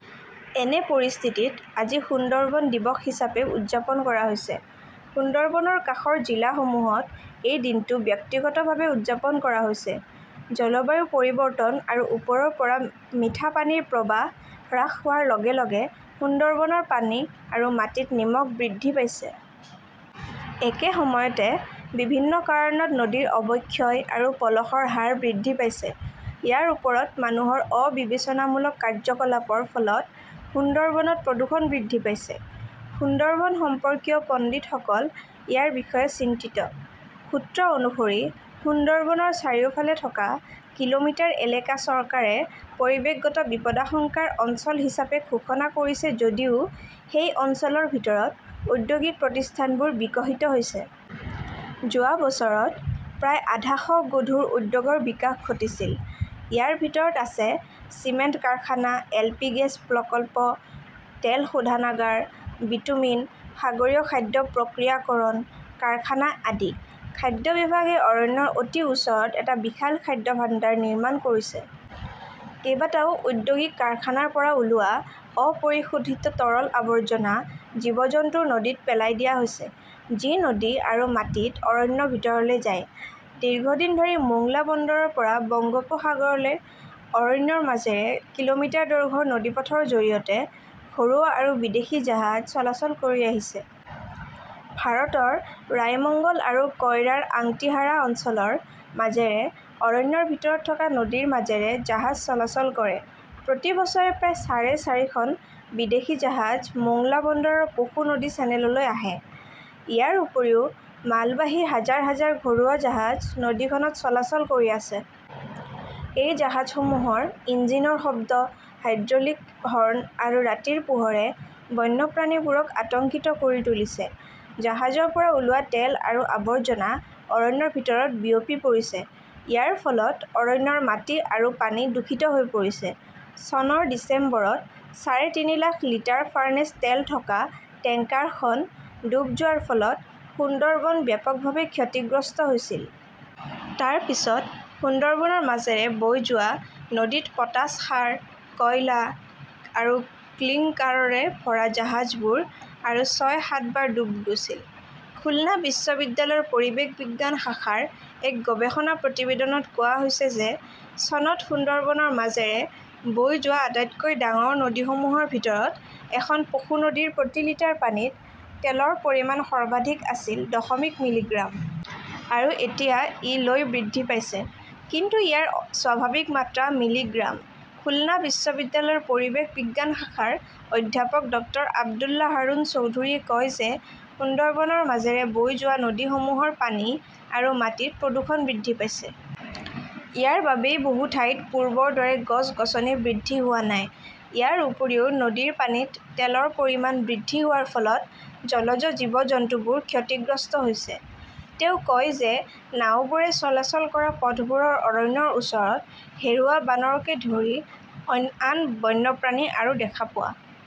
এনে পৰিস্থিতিত আজি সুন্দৰবন দিৱস উদযাপন কৰা হৈছে। সুন্দৰবনৰ কাষৰ জিলাসমূহত এই দিনটো ব্যক্তিগতভাৱে উদযাপন কৰা হৈছে। জলবায়ু পৰিৱৰ্তন আৰু ওপৰৰ পৰা মিঠা পানীৰ প্ৰৱাহ হ্ৰাস হোৱাৰ লগে লগে সুন্দৰবনৰ পানী আৰু মাটিত নিমখ বৃদ্ধি পাইছে। একে সময়তে, বিভিন্ন কাৰণত নদীৰ অৱক্ষয় আৰু পলসৰ হাৰ বৃদ্ধি পাইছে। ইয়াৰ ওপৰত মানুহৰ অবিবেচনামূলক কাৰ্যকলাপৰ ফলত সুন্দৰবনত প্ৰদূষণ বৃদ্ধি পাইছে। সুন্দৰবন সম্পৰ্কীয় পণ্ডিতসকল ইয়াৰ বিষয়ে চিন্তিত। সূত্ৰ অনুসৰি, সুন্দৰবনৰ চাৰিওফালে থকা কিলোমিটাৰ এলেকা চৰকাৰে পৰিৱেশগত বিপদাশংকাৰ অঞ্চল হিচাপে ঘোষণা কৰিছে যদিও সেই অঞ্চলৰ ভিতৰত ঔদ্যোগিক প্ৰতিষ্ঠানবোৰ বিকশিত হৈছে। যোৱা বছৰত প্ৰায় আধা শ গধুৰ উদ্যোগৰ বিকাশ ঘটিছিল। ইয়াৰ ভিতৰত আছে চিমেণ্ট কাৰখানা, এলপি গেছ প্ৰকল্প, তেল শোধনাগাৰ, বিটুমিন, সাগৰীয় খাদ্য প্ৰক্ৰিয়াকৰণ কাৰখানা আদি। খাদ্য বিভাগে অৰণ্যৰ অতি ওচৰত এটা বিশাল খাদ্য ভাণ্ডাৰ নিৰ্মাণ কৰিছে। কেইবাটাও ঔদ্যোগিক কাৰখানাৰ পৰা ওলোৱা অপৰিশোধিত তৰল আৱৰ্জনা জীৱ-জন্তুৰ নদীত পেলাই দিয়া হৈছে, যি নদী আৰু মাটিত অৰণ্যৰ ভিতৰলৈ যায়। দীৰ্ঘদিন ধৰি মোংলা বন্দৰৰ পৰা বংগোপসাগৰলৈ অৰণ্যৰ মাজেৰে কিলোমিটাৰ দৈৰ্ঘ্যৰ নদীপথৰ জৰিয়তে ঘৰুৱা আৰু বিদেশী জাহাজ চলাচল কৰি আহিছে। ভাৰতৰ ৰায়মঙ্গল আৰু কইৰাৰ আংটিহাৰা অঞ্চলৰ মাজেৰে অৰণ্যৰ ভিতৰত থকা নদীৰ মাজেৰে জাহাজ চলাচল কৰে। প্ৰতি বছৰে প্ৰায় চাৰে চাৰিশখন বিদেশী জাহাজ মোংলা বন্দৰৰ পশু নদী চেনেললৈ আহে। ইয়াৰ উপৰিও, মালবাহী হাজাৰ হাজাৰ ঘৰুৱা জাহাজ নদীখনত চলাচল কৰি আছে। এই জাহাজসমূহৰ ইঞ্জিনৰ শব্দ, হাইড্ৰলিক হৰ্ণ আৰু ৰাতিৰ পোহৰে বন্যপ্ৰাণীবোৰক আতংকিত কৰি তুলিছে। জাহাজৰ পৰা ওলোৱা তেল আৰু আৱৰ্জনা অৰণ্যৰ ভিতৰত বিয়পি পৰিছে। ইয়াৰ ফলত অৰণ্যৰ মাটি আৰু পানী দূষিত হৈ পৰিছে। চনৰ ডিচেম্বৰত চাৰে তিনি লাখ লিটাৰ ফাৰ্নেচ তেল থকা টেংকাৰখন ডুব যোৱাৰ ফলত সুন্দৰবন ব্যাপকভাৱে ক্ষতিগ্ৰস্ত হৈছিল। তাৰ পিছত সুন্দৰবনৰ মাজেৰে বৈ যোৱা নদীত পটাছ সাৰ, কয়লা আৰু ক্লিঙ্কাৰৰে ভৰা জাহাজবোৰ আৰু ছয়-সাতবাৰ ডুব গৈছিল। খুলনা বিশ্ববিদ্যালয়ৰ পৰিৱেশ বিজ্ঞান শাখাৰ এক গৱেষণা প্ৰতিবেদনত কোৱা হৈছে যে চনত সুন্দৰবনৰ মাজেৰে বৈ যোৱা আটাইতকৈ ডাঙৰ নদীসমূহৰ ভিতৰত এখন পশু নদীৰ প্ৰতি লিটাৰ পানীত তেলৰ পৰিমাণ সৰ্বাধিক আছিল দশমিক মিলিগ্ৰাম। আৰু এতিয়া ই লৈ বৃদ্ধি পাইছে। কিন্তু ইয়াৰ স্বাভাৱিক মাত্ৰা মিলিগ্ৰাম। খুলনা বিশ্ববিদ্যালয়ৰ পৰিৱেশ বিজ্ঞান শাখাৰ অধ্যাপক ডক্টৰ আব্দুল্লাহ হাৰুন চৌধুৰীয়ে কয় যে সুন্দৰবনৰ মাজেৰে বৈ যোৱা নদীসমূহৰ পানী আৰু মাটিত প্ৰদূষণ বৃদ্ধি পাইছে। ইয়াৰ বাবেই বহু ঠাইত পূৰ্বৰ দৰে গছ-গছনি বৃদ্ধি হোৱা নাই। ইয়াৰ উপৰিও নদীৰ পানীত তেলৰ পৰিমাণ বৃদ্ধি হোৱাৰ ফলত জলজ জীৱ-জন্তুবোৰ ক্ষতিগ্ৰস্ত হৈছে। তেওঁ কয় যে নাওবোৰে চলাচল কৰা পথবোৰৰ অৰণ্যৰ ওচৰত হেৰুৱা, বানৰকে ধৰি আন বন্যপ্ৰাণী আৰু দেখা পোৱা